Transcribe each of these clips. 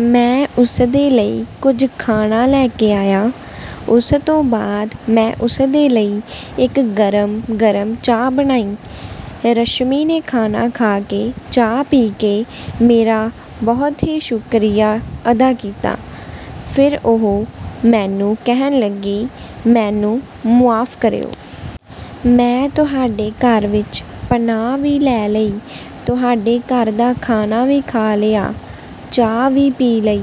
ਮੈਂ ਉਸਦੇ ਲਈ ਕੁਝ ਖਾਣਾ ਲੈ ਕੇ ਆਇਆ। ਉਸ ਤੋਂ ਬਾਅਦ ਮੈਂ ਉਸਦੇ ਲਈ ਇੱਕ ਗਰਮ-ਗਰਮ ਚਾਹ ਬਣਾਈ। ਰਸ਼ਮੀ ਨੇ ਖਾਣਾ ਖਾ ਕੇ, ਚਾਹ ਪੀ ਕੇ ਮੇਰਾ ਬਹੁਤ ਹੀ ਸ਼ੁਕਰੀਆ ਅਦਾ ਕੀਤਾ। ਫਿਰ ਉਹ ਮੈਨੂੰ ਕਹਿਣ ਲੱਗੀ, "ਮੈਨੂੰ ਮੁਆਫ਼ ਕਰਿਓ। ਮੈਂ ਤੁਹਾਡੇ ਘਰ ਵਿੱਚ ਪਨਾਹ ਵੀ ਲੈ ਲਈ, ਤੁਹਾਡੇ ਘਰ ਦਾ ਖਾਣਾ ਵੀ ਖਾ ਲਿਆ, ਚਾਹ ਵੀ ਪੀ ਲਈ,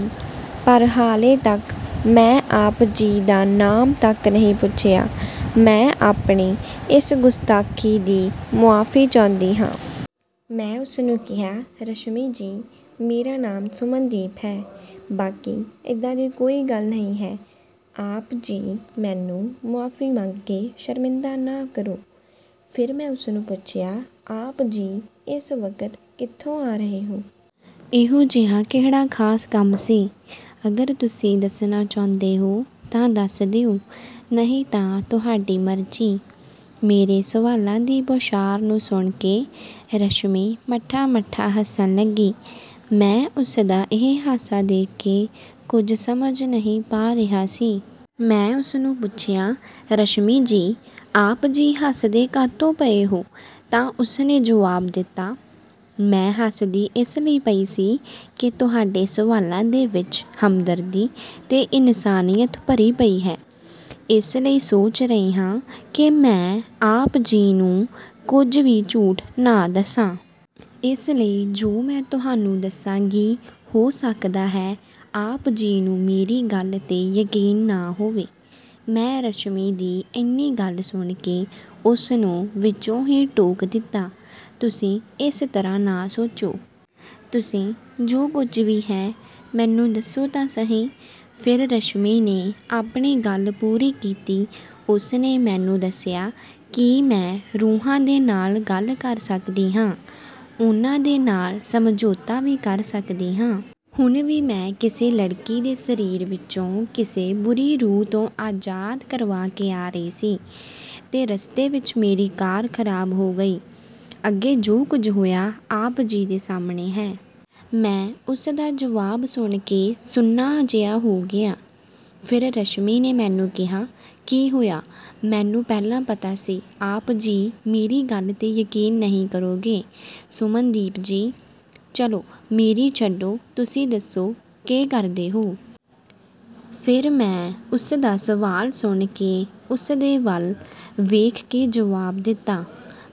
ਪਰ ਹਾਲੇ ਤੱਕ ਮੈਂ ਆਪ ਜੀ ਦਾ ਨਾਮ ਤੱਕ ਨਹੀਂ ਪੁੱਛਿਆ। ਮੈਂ ਆਪਣੀ ਇਸ ਗੁਸਤਾਖੀ ਦੀ ਮੁਆਫ਼ੀ ਚਾਹੁੰਦੀ ਹਾਂ।" ਮੈਂ ਉਸਨੂੰ ਕਿਹਾ, "ਰਸ਼ਮੀ ਜੀ, ਮੇਰਾ ਨਾਮ ਸੁਮਨਦੀਪ ਹੈ। ਬਾਕੀ ਇੱਦਾਂ ਦੀ ਕੋਈ ਗੱਲ ਨਹੀਂ ਹੈ। ਆਪ ਜੀ ਮੈਨੂੰ ਮੁਆਫ਼ੀ ਮੰਗ ਕੇ ਸ਼ਰਮਿੰਦਾ ਨਾ ਕਰੋ।" ਫਿਰ ਮੈਂ ਉਸਨੂੰ ਪੁੱਛਿਆ, "ਆਪ ਜੀ ਇਸ ਵਕਤ ਕਿੱਥੋਂ ਆ ਰਹੇ ਹੋ? ਇਹੋ ਜਿਹਾ ਕਿਹੜਾ ਖ਼ਾਸ ਕੰਮ ਸੀ? ਅਗਰ ਤੁਸੀਂ ਦੱਸਣਾ ਚਾਹੁੰਦੇ ਹੋ ਤਾਂ ਦੱਸ ਦਿਓ, ਨਹੀਂ ਤਾਂ ਤੁਹਾਡੀ ਮਰਜ਼ੀ।" ਮੇਰੇ ਸਵਾਲਾਂ ਦੀ ਬੌਛਾਰ ਨੂੰ ਸੁਣ ਕੇ ਰਸ਼ਮੀ ਮੱਠਾ-ਮੱਠਾ ਹੱਸਣ ਲੱਗੀ। ਮੈਂ ਉਸਦਾ ਇਹ ਹਾਸਾ ਦੇਖ ਕੇ ਕੁਝ ਸਮਝ ਨਹੀਂ ਪਾ ਰਿਹਾ ਸੀ। ਮੈਂ ਉਸਨੂੰ ਪੁੱਛਿਆ, "ਰਸ਼ਮੀ ਜੀ, ਆਪ ਜੀ ਹੱਸਦੇ ਕਾਹਤੋਂ ਪਏ ਹੋ?" ਤਾਂ ਉਸਨੇ ਜਵਾਬ ਦਿੱਤਾ, "ਮੈਂ ਹੱਸਦੀ ਇਸ ਲਈ ਪਈ ਸੀ ਕਿ ਤੁਹਾਡੇ ਸਵਾਲਾਂ ਦੇ ਵਿੱਚ ਹਮਦਰਦੀ ਤੇ ਇਨਸਾਨੀਅਤ ਭਰੀ ਪਈ ਹੈ। ਇਸ ਲਈ ਸੋਚ ਰਹੀ ਹਾਂ ਕਿ ਮੈਂ ਆਪ ਜੀ ਨੂੰ ਕੁਝ ਵੀ ਝੂਠ ਨਾ ਦੱਸਾਂ। ਇਸ ਲਈ ਜੋ ਮੈਂ ਤੁਹਾਨੂੰ ਦੱਸਾਂਗੀ, ਹੋ ਸਕਦਾ ਹੈ ਆਪ ਜੀ ਨੂੰ ਮੇਰੀ ਗੱਲ 'ਤੇ ਯਕੀਨ ਨਾ ਹੋਵੇ।" ਮੈਂ ਰਸ਼ਮੀ ਦੀ ਇੰਨੀ ਗੱਲ ਸੁਣ ਕੇ ਉਸਨੂੰ ਵਿੱਚੋਂ ਹੀ ਟੋਕ ਦਿੱਤਾ, "ਤੁਸੀਂ ਇਸ ਤਰ੍ਹਾਂ ਨਾ ਸੋਚੋ। ਤੁਸੀਂ ਜੋ ਕੁਝ ਵੀ ਹੈ, ਮੈਨੂੰ ਦੱਸੋ ਤਾਂ ਸਹੀ।" ਫਿਰ ਰਸ਼ਮੀ ਨੇ ਆਪਣੀ ਗੱਲ ਪੂਰੀ ਕੀਤੀ। ਉਸਨੇ ਮੈਨੂੰ ਦੱਸਿਆ, "ਕੀ ਮੈਂ ਰੂਹਾਂ ਦੇ ਨਾਲ ਗੱਲ ਕਰ ਸਕਦੀ ਹਾਂ। ਉਹਨਾਂ ਦੇ ਨਾਲ ਸਮਝੌਤਾ ਵੀ ਕਰ ਸਕਦੀ ਹਾਂ। ਹੁਣ ਵੀ ਮੈਂ ਕਿਸੇ ਲੜਕੀ ਦੇ ਸਰੀਰ ਵਿੱਚੋਂ ਕਿਸੇ ਬੁਰੀ ਰੂਹ ਤੋਂ ਆਜ਼ਾਦ ਕਰਵਾ ਕੇ ਆ ਰਹੀ ਸੀ ਤੇ ਰਸਤੇ ਵਿੱਚ ਮੇਰੀ ਕਾਰ ਖ਼ਰਾਬ ਹੋ ਗਈ। ਅੱਗੇ ਜੋ ਕੁਝ ਹੋਇਆ, ਆਪ ਜੀ ਦੇ ਸਾਹਮਣੇ ਹੈ।" ਮੈਂ ਉਸਦਾ ਜਵਾਬ ਸੁਣ ਕੇ ਸੁੰਨ ਜਿਹਾ ਹੋ ਗਿਆ। ਫਿਰ ਰਸ਼ਮੀ ਨੇ ਮੈਨੂੰ ਕਿਹਾ, "ਕੀ ਹੋਇਆ? ਮੈਨੂੰ ਪਹਿਲਾਂ ਪਤਾ ਸੀ ਆਪ ਜੀ ਮੇਰੀ ਗੱਲ 'ਤੇ ਯਕੀਨ ਨਹੀਂ ਕਰੋਗੇ, ਸੁਮਨਦੀਪ ਜੀ। ਚਲੋ, ਮੇਰੀ ਛੱਡੋ, ਤੁਸੀਂ ਦੱਸੋ ਕਿ ਕਰਦੇ ਹੋ?" ਫਿਰ ਮੈਂ ਉਸਦਾ ਸਵਾਲ ਸੁਣ ਕੇ ਉਸਦੇ ਵੱਲ ਵੇਖ ਕੇ ਜਵਾਬ ਦਿੱਤਾ,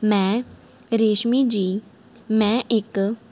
"ਮੈਂ… ਰੇਸ਼ਮੀ ਜੀ, ਮੈਂ ਇੱਕ--